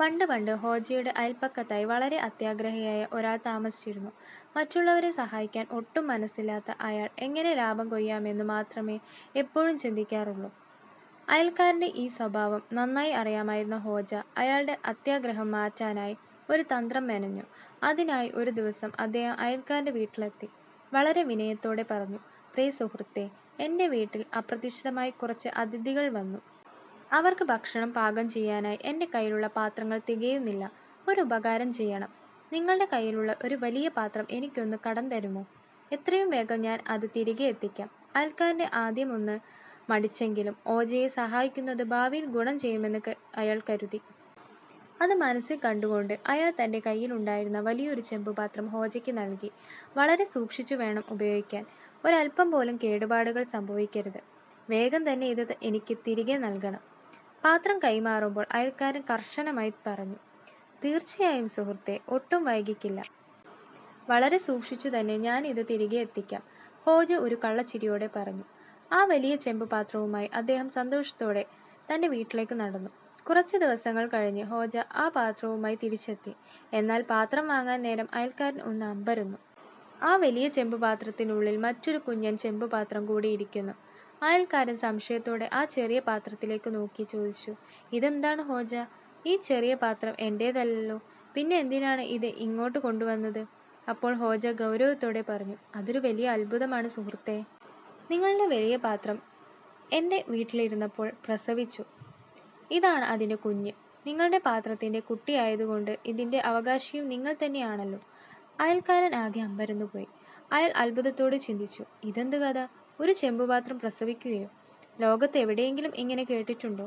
പണ്ട് പണ്ട്, ഹോജയുടെ അയൽപക്കത്തായി വളരെ അത്യാഗ്രഹിയായ ഒരാൾ താമസിച്ചിരുന്നു. മറ്റുള്ളവരെ സഹായിക്കാൻ ഒട്ടും മനസ്സില്ലാത്ത അയാൾ, എങ്ങനെ ലാഭം കൊയ്യാമെന്നു മാത്രമേ എപ്പോഴും ചിന്തിക്കാറുള്ളൂ. അയൽക്കാരന്റെ ഈ സ്വഭാവം നന്നായി അറിയാമായിരുന്ന ഹോജ, അയാളുടെ അത്യാഗ്രഹം മാറ്റാനായി ഒരു തന്ത്രം മെനഞ്ഞു. അതിനായി ഒരു ദിവസം അദ്ദേഹം അയൽക്കാരന്റെ വീട്ടിലെത്തി വളരെ വിനയത്തോടെ പറഞ്ഞു: "പ്രിയ സുഹൃത്തേ, എന്റെ വീട്ടിൽ അപ്രതീക്ഷിതമായി കുറച്ച് അതിഥികൾ വന്നു. അവർക്ക് ഭക്ഷണം പാകം ചെയ്യാൻ എന്റെ കയ്യിലുള്ള പാത്രങ്ങൾ തികയുന്നില്ല. ഒരു ഉപകാരം ചെയ്യണം, നിങ്ങളുടെ കയ്യിലുള്ള ഒരു വലിയ പാത്രം എനിക്കൊന്ന് കടം തരുമോ? എത്രയും വേഗം ഞാൻ അത് തിരികെ എത്തിക്കാം. " അയൽക്കാരൻ ആദ്യം ഒന്ന് മടിച്ചെങ്കിലും ഹോജയെ സഹായിക്കുന്നത് ഭാവിയിൽ ഗുണം ചെയ്യുമെന്ന് അയാൾ കരുതി. അത് മനസ്സിൽ കണ്ടുകൊണ്ട് അയാൾ തന്റെ കയ്യിലുണ്ടായിരുന്ന വലിയൊരു ചെമ്പ് പാത്രം ഹോജയ്ക്ക് നൽകി. "വളരെ സൂക്ഷിച്ചു വേണം ഉപയോഗിക്കാൻ, ഒരല്പം പോലും കേടുപാടുകൾ സംഭവിക്കരുത്! വേഗം തന്നെ ഇത് എനിക്ക് തിരികെ നൽകണം. " പാത്രം കൈമാറുമ്പോൾ അയൽക്കാരൻ കർശനമായി പറഞ്ഞു. "തീർച്ചയായും സുഹൃത്തേ, ഒട്ടും വൈകിക്കില്ല! വളരെ സൂക്ഷിച്ചുതന്നെ ഞാൻ ഇത് തിരികെ എത്തിക്കാം. " ഹോജ ഒരു കള്ളച്ചിരിയോടെ പറഞ്ഞു. ആ വലിയ ചെമ്പ് പാത്രവുമായി അദ്ദേഹം സന്തോഷത്തോടെ തന്റെ വീട്ടിലേക്ക് നടന്നു. കുറച്ചു ദിവസങ്ങൾ കഴിഞ്ഞ് ഹോജ ആ പാത്രവുമായി തിരിച്ചെത്തി. എന്നാൽ പാത്രം വാങ്ങാൻ നേരം അയൽക്കാരൻ ഒന്ന് അമ്പരന്നു. ആ വലിയ ചെമ്പ് പാത്രത്തിനുള്ളിൽ മറ്റൊരു കുഞ്ഞൻ ചെമ്പ് പാത്രം കൂടി ഇരിക്കുന്നു! അയൽക്കാരൻ സംശയത്തോടെ ആ ചെറിയ പാത്രത്തിലേക്ക് നോക്കി ചോദിച്ചു: "ഇതെന്താണ് ഹോജ? ഈ ചെറിയ പാത്രം എന്റേതല്ലല്ലോ! പിന്നെന്തിനാണ് ഇത് ഇങ്ങോട്ട് കൊണ്ടുവന്നത്? " അപ്പോൾ ഹോജ ഗൗരവത്തോടെ പറഞ്ഞു: "അതൊരു വലിയ അത്ഭുതമാണ് സുഹൃത്തേ! നിങ്ങളുടെ വലിയ പാത്രം എന്റെ വീട്ടിലിരുന്നപ്പോൾ പ്രസവിച്ചു. ഇതാണ് അതിന്റെ കുഞ്ഞ്! നിങ്ങളുടെ പാത്രത്തിന്റെ കുട്ടിയായതുകൊണ്ട് ഇതിന്റെ അവകാശിയും നിങ്ങൾ തന്നെയാണല്ലോ. " അയൽക്കാരൻ ആകെ അമ്പരന്നുപോയി. അയാൾ അത്ഭുതത്തോടെ ചിന്തിച്ചു: "ഇതെന്ത് കഥ! ഒരു ചെമ്പ് പാത്രം പ്രസവിക്കുകയോ? ലോകത്ത് എവിടെയെങ്കിലും ഇങ്ങനെ കേട്ടിട്ടുണ്ടോ!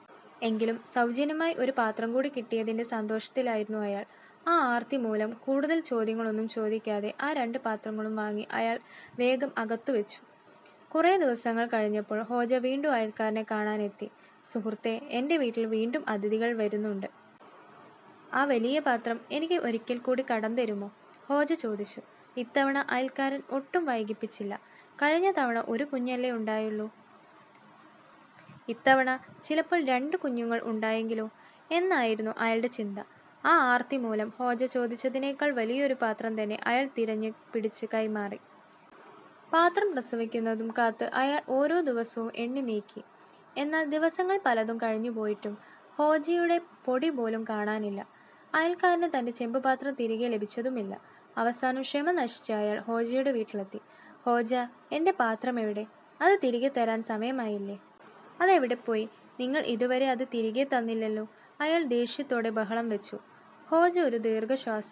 " എങ്കിലും സൗജന്യമായി ഒരു പാത്രം കൂടി കിട്ടിയതിന്റെ സന്തോഷത്തിലായിരുന്നു അയാൾ. ആ ആർത്തി മൂലം കൂടുതൽ ചോദ്യങ്ങളൊന്നും ചോദിക്കാതെ ആ രണ്ട് പാത്രങ്ങളും വാങ്ങി അയാൾ വേഗം അകത്തുവെച്ചു. കുറേ ദിവസങ്ങൾ കഴിഞ്ഞപ്പോൾ ഹോജ വീണ്ടും അയൽക്കാരനെ കാണാൻ എത്തി. "സുഹൃത്തേ, എന്റെ വീട്ടിൽ വീണ്ടും അതിഥികൾ വരുന്നുണ്ട്. ആ വലിയ പാത്രം എനിക്ക് ഒരിക്കൽ കൂടി കടം തരുമോ? " ഹോജ ചോദിച്ചു. ഇത്തവണ അയൽക്കാരൻ ഒട്ടും വൈകിപ്പിച്ചില്ല. 'കഴിഞ്ഞ തവണ ഒരു കുഞ്ഞല്ലേ ഉണ്ടായുള്ളൂ, ഇത്തവണ ചിലപ്പോൾ രണ്ട് കുഞ്ഞുങ്ങൾ ഉണ്ടായെങ്കിലോ! ' എന്നായിരുന്നു അയാളുടെ ചിന്ത. ആ ആർത്തി മൂലം ഹോജ ചോദിച്ചതിനേക്കാൾ വലിയൊരു പാത്രം തന്നെ അയാൾ തിരഞ്ഞു പിടിച്ച് കൈമാറി. പാത്രം പ്രസവിക്കുന്നതും കാത്ത് അയാൾ ഓരോ ദിവസവും എണ്ണിനീക്കി. എന്നാൽ ദിവസങ്ങൾ പലതും കഴിഞ്ഞു പോയിട്ടും ഹോജയുടെ പൊടിപോലും കാണാനില്ല അയൽക്കാരന് തന്റെ ചെമ്പ് പാത്രം തിരികെ ലഭിച്ചതുമില്ല. അവസാനം ക്ഷമ നശിച്ച അയാൾ ഹോജയുടെ വീട്ടിലെത്തി. "ഹോജ, എന്റെ പാത്രം എവിടെ? അത് തിരികെ തരാൻ സമയമായില്ലേ! അത് എവിടെപ്പോയി? നിങ്ങൾ ഇതുവരെ അത് തിരികെ തന്നില്ലല്ലോ! " അയാൾ ദേഷ്യത്തോടെ ബഹളം വെച്ചു. ഹോജ ഒരു ദീർഘശ്വാസം